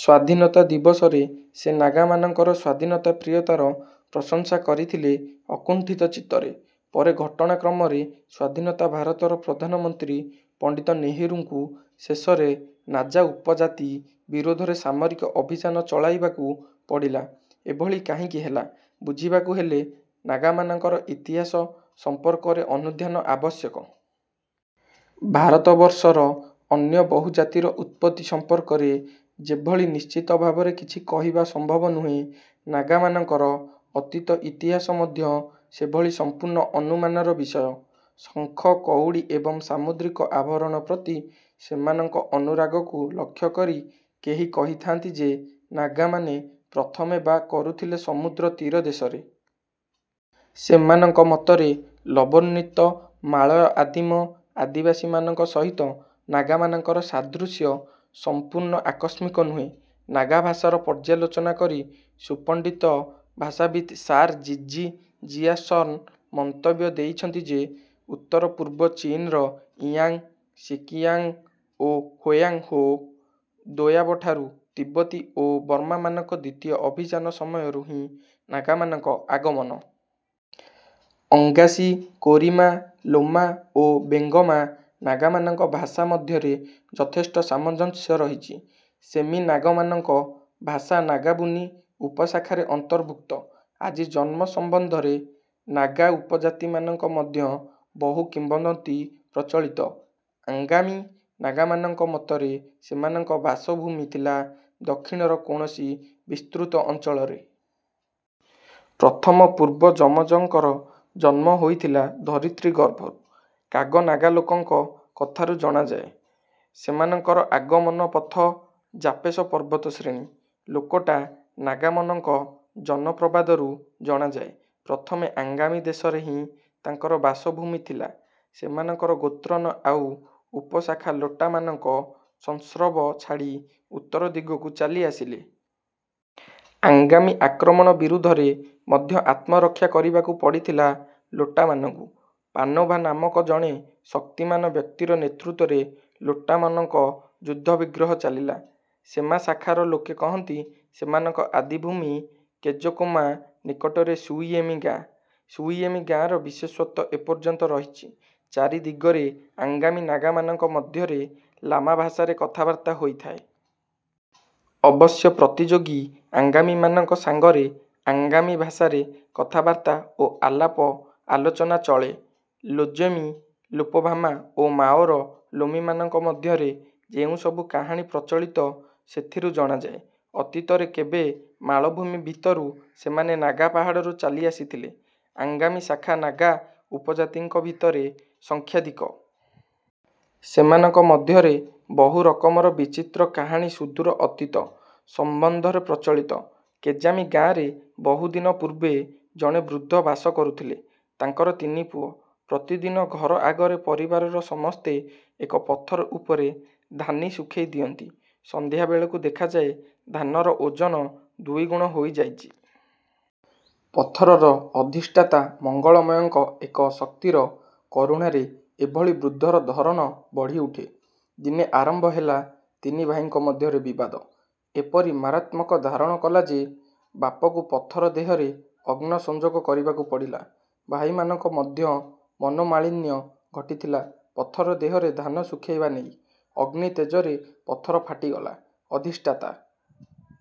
ସ୍ୱାଧୀନତା ଦିବସରେ ସେ ନାଗାମାନଙ୍କର ସ୍ୱାଧୀନତାପ୍ରିୟତାର ପ୍ରଶଂସା କରିଥିଲେ ଅକୁଣ୍ଠିତ ଚିତ୍ତରେ। ପରେ ଘଟଣାକ୍ରମରେ ସ୍ୱାଧୀନତା ଭାରତର ପ୍ରଧାନମନ୍ତ୍ରୀ ପଣ୍ଡିତ ନେହେରୁଙ୍କୁ ଶେଷରେ ନାଜା ଉପଜାତି ବିରୁଦ୍ଧରେ ସାମରିକ ଅଭିଯାନ ଚଳାଇବାକୁ ପଡ଼ିଲା। ଏଭଳି କାହିଁକି ହେଲା, ବୁଝିବାକୁ ହେଲେ ନାଗାମାନଙ୍କର ଇତିହାସ ସମ୍ପର୍କରେ ଅନୁଧ୍ୟାନ ଆବଶ୍ୟକ। ଭାରତବର୍ଷର ଅନ୍ୟ ବହୁ ଜାତିର ଉତ୍ପତ୍ତି ସମ୍ପର୍କରେ ଯେଭଳି ନିଶ୍ଚିତ ଭାବରେ କିଛି କହିବା ସମ୍ଭବ ନୁହେଁ, ନାଗାମାନଙ୍କର ଅତୀତ ଇତିହାସ ମଧ୍ୟ ସେଭଳି ସମ୍ପୂର୍ଣ୍ଣ ଅନୁମାନର ବିଷୟ। ଶଙ୍ଖ, କଉଡ଼ି ଏବଂ ସାମୁଦ୍ରିକ ଆଭରଣ ପ୍ରତି ସେମାନଙ୍କ ଅନୁରାଗକୁ ଲକ୍ଷ୍ୟକରି କେହି କହିଥାଆନ୍ତି ଯେ ନାଗାମାନେ ପ୍ରଥମେ ବା କରୁଥିଲେ ସମୁଦ୍ର ତୀରଦେଶରେ। ସେମାନଙ୍କ ମତରେ ଳବୋର୍ଣ୍ଣିତ, ମାଳୟ ଆଦିମ ଆଦିବାସୀମାନଙ୍କ ସହିତ ନାଗାମାନଙ୍କର ସାଦୃଶ୍ୟ ସମ୍ପୂର୍ଣ୍ଣ ଆକସ୍ମିକ ନୁହେଁ। ନାଗା ଭାଷାର ପର୍ଯ୍ୟାଲୋଚନା କରି ସୁପଣ୍ଡିତ ଭାଷାବିତ୍ ସାର ଜି. ଜି. ଜିୟାର୍ସନ ମନ୍ତବ୍ୟ ଦେଇଛନ୍ତି ଯେ ଉତ୍ତର-ପୂର୍ବ ଚୀନ୍ର ଇୟାଂଗ୍, ସିକିୟାଂଗ ଓ ହୋୟାଂଗ ହୋ ଦୋୟାବଠାରୁ ତିବ୍ବତୀ ଓ ବର୍ମାମାନଙ୍କ ଦ୍ୱିତୀୟ ଅଭିଯାନ ସମୟରୁ ହିଁ ନାଗାମାନଙ୍କ ଆଗମନ। ଅଙ୍ଗାସି, କୋରିମା, ଲୋମା ଓ ବେଙ୍ଗମା ନାଗାମାନଙ୍କ ଭାଷା ମଧ୍ୟରେ ଯଥେଷ୍ଟ ସାମଞ୍ଜସ୍ୟ ରହିଚି। ସେମି ନାଗାମନଙ୍କ ଭାଷା ନାଗାବୁନି ଉପଶାଖାରେ ଅନ୍ତର୍ଭୁକ୍ତ। ଆଦି ଜନ୍ମ ସମ୍ୱନ୍ଧରେ ନାଗା ଉପଜାତିମାନଙ୍କ ମଧ୍ୟ ବହୁ କିମ୍ୱଦନ୍ତୀ ପ୍ରଚଳିତ। ଆଙ୍ଗାମି ନାଗାମାନଙ୍କ ମତରେ ସେମାନଙ୍କ ବାସଭୂମି ଥିଲା ଦକ୍ଷିଣର କୌଣସି ବିସ୍ତୃତ ଅଞ୍ଚଳରେ। ପ୍ରଥମ ପୂର୍ବ ଯମଜଙ୍କର ଜନ୍ମ ହୋଇଥିଲା ଧରିତ୍ରୀ ଗର୍ଭରୁ। କାଗ ନାଗାଲୋକଙ୍କ କଥାରୁ ଜଣାଯାଏ, ସେମାନଙ୍କର ଆଗମନ ପଥ ଜାପେସ ପର୍ବତ ଶ୍ରେଣୀ। ଲୋକଟା ନାଗାମନଙ୍କ ଜନ-ପ୍ରବାଦରୁ ଜଣାଯାଏ, ପ୍ରଥମେ ଆଙ୍ଗାମି ଦେଶରେ ହିଁ ତାଙ୍କର ବାସଭୂମି ଥିଲା। ସେମାନଙ୍କର ଗୋତ୍ରନ ''ଆଉ'' ଉପଶାଖା ଲୋଟାମାନଙ୍କ ସଂସ୍ରବ ଛାଡ଼ି ଉତ୍ତର ଦିଗକୁ ଚାଲିଆସିଲେ। ଆଙ୍ଗାମି ଆକ୍ରମଣ ବିରୁଦ୍ଧରେ ମଧ୍ୟ ଆତ୍ମରକ୍ଷା କରିବାକୁ ପଡ଼ିଥିଲା ଲୋଟାମାନଙ୍କୁ। ପାନୋଭା ନାମକ ଜଣେ ଶକ୍ତିମାନ ବ୍ୟକ୍ତିର ନେତୃତ୍ୱରେ ଲୋଟାମନଙ୍କ ଯୁଦ୍ଧବିଗ୍ରହ ଚାଲିଲା। ସେମା ଶାଖାର ଲୋକେ କହନ୍ତି, ସେମାନଙ୍କ ଆଦିଭୂମି କେଜୋକମା ନିକଟରେ ସୁଇଏମି ଗାଁ। ସୁଇଏମି ଗାଁର ବିଶେଷତ୍ୱ ଏପର୍ଯ୍ୟନ୍ତ ରହିଚି। ଚାରି ଦିଗରେ ଆଙ୍ଗାମି ନାଗାମାନଙ୍କ ମଧ୍ୟରେ ଲାମା ଭାଷାରେ କଥାବାର୍ତ୍ତା ହୋଇଥାଏ। ଅବଶ୍ୟ ପ୍ରତିଯୋଗୀ ଆଙ୍ଗାମିମାନଙ୍କ ସାଙ୍ଗରେ ଆଙ୍ଗାମି ଭାଷାରେ କଥାବାର୍ତ୍ତା ଓ ଆଲାପ ଆଲୋଚନା ଚଳେ। ଲୋଜେମି ଲୋପଭାମା ଓ ମାଓର ଲୋମୀମାନଙ୍କ ମଧ୍ୟରେ ଯେଉଁ ସବୁ କାହାଣୀ ପ୍ରଚଳିତ ସେଥିରୁ ଜଣାଯାଏ, ଅତୀତରେ କେବେ ମାଳଭୂମି ଭିତରୁ ସେମାନେ ନାଗା ପାହାଡ଼ରୁ ଚାଲି ଆସିଥିଲେ। ଆଙ୍ଗାମି ଶାଖା ନାଗା ଉପଜାତିଙ୍କ ଭିତରେ ସଂଖ୍ୟାଧିକ। ସେମାନଙ୍କ ମଧ୍ୟରେ ବହୁ ରକମର ବିଚିତ୍ର କାହାଣୀ ସୁଦୂର ଅତୀତ। ସମ୍ୱନ୍ଧରେ ପ୍ରଚଳିତ। କେଜାମି ଗାଁରେ ବହୁଦିନ ପୂର୍ବେ ଜଣେ ବୃଦ୍ଧ ବାସ କରୁଥିଲେ। ତାଙ୍କର ତିନି ପୁଅ। ପ୍ରତିଦିନ ଘର ଆଗରେ ପରିବାରର ସମସ୍ତେ ଏକ ପଥର ଉପରେ ଧାନି ଶୁଖେଇ ଦିଅନ୍ତି। ସନ୍ଧ୍ୟା ବେଳକୁ ଦେଖାଯାଏ, ଧାନର ଓଜନ ଦୁଇଗୁଣ ହୋଇଯାଇଚି। ପଥରର ଅଧିଷ୍ଠାତା ମଙ୍ଗଳମୟଙ୍କ ଏକ ଶକ୍ତିର କରୁଣାରେ ଏଭଳି ବୃଦ୍ଧର ଧରନ ବଢିଉଠେ। ଦିନେ ଆରମ୍ଭ ହେଲା ତିନି ଭାଇଙ୍କ ମଧ୍ୟରେ ବିବାଦ। ଏପରି ମାରାତ୍ମକ ଧାରଣ କଲା ଯେ ବାପକୁ ପଥର ଦେହରେ ଅଗ୍ନ ସଞ୍ଜୋଗ କରିବାକୁ ପଡ଼ିଲା। ଭାଇମାନଙ୍କ ମଧ୍ୟ ମନୋମାଳିନ୍ୟ ଘଟିଥିଲା ପଥର ଦେହରେ ଧାନ ଶୁଖେଇବା ନେଇ। ଅଗ୍ନି ତେଜରେ ପଥର ଫାଟିଗଲା। ଅଧିଷ୍ଠାତା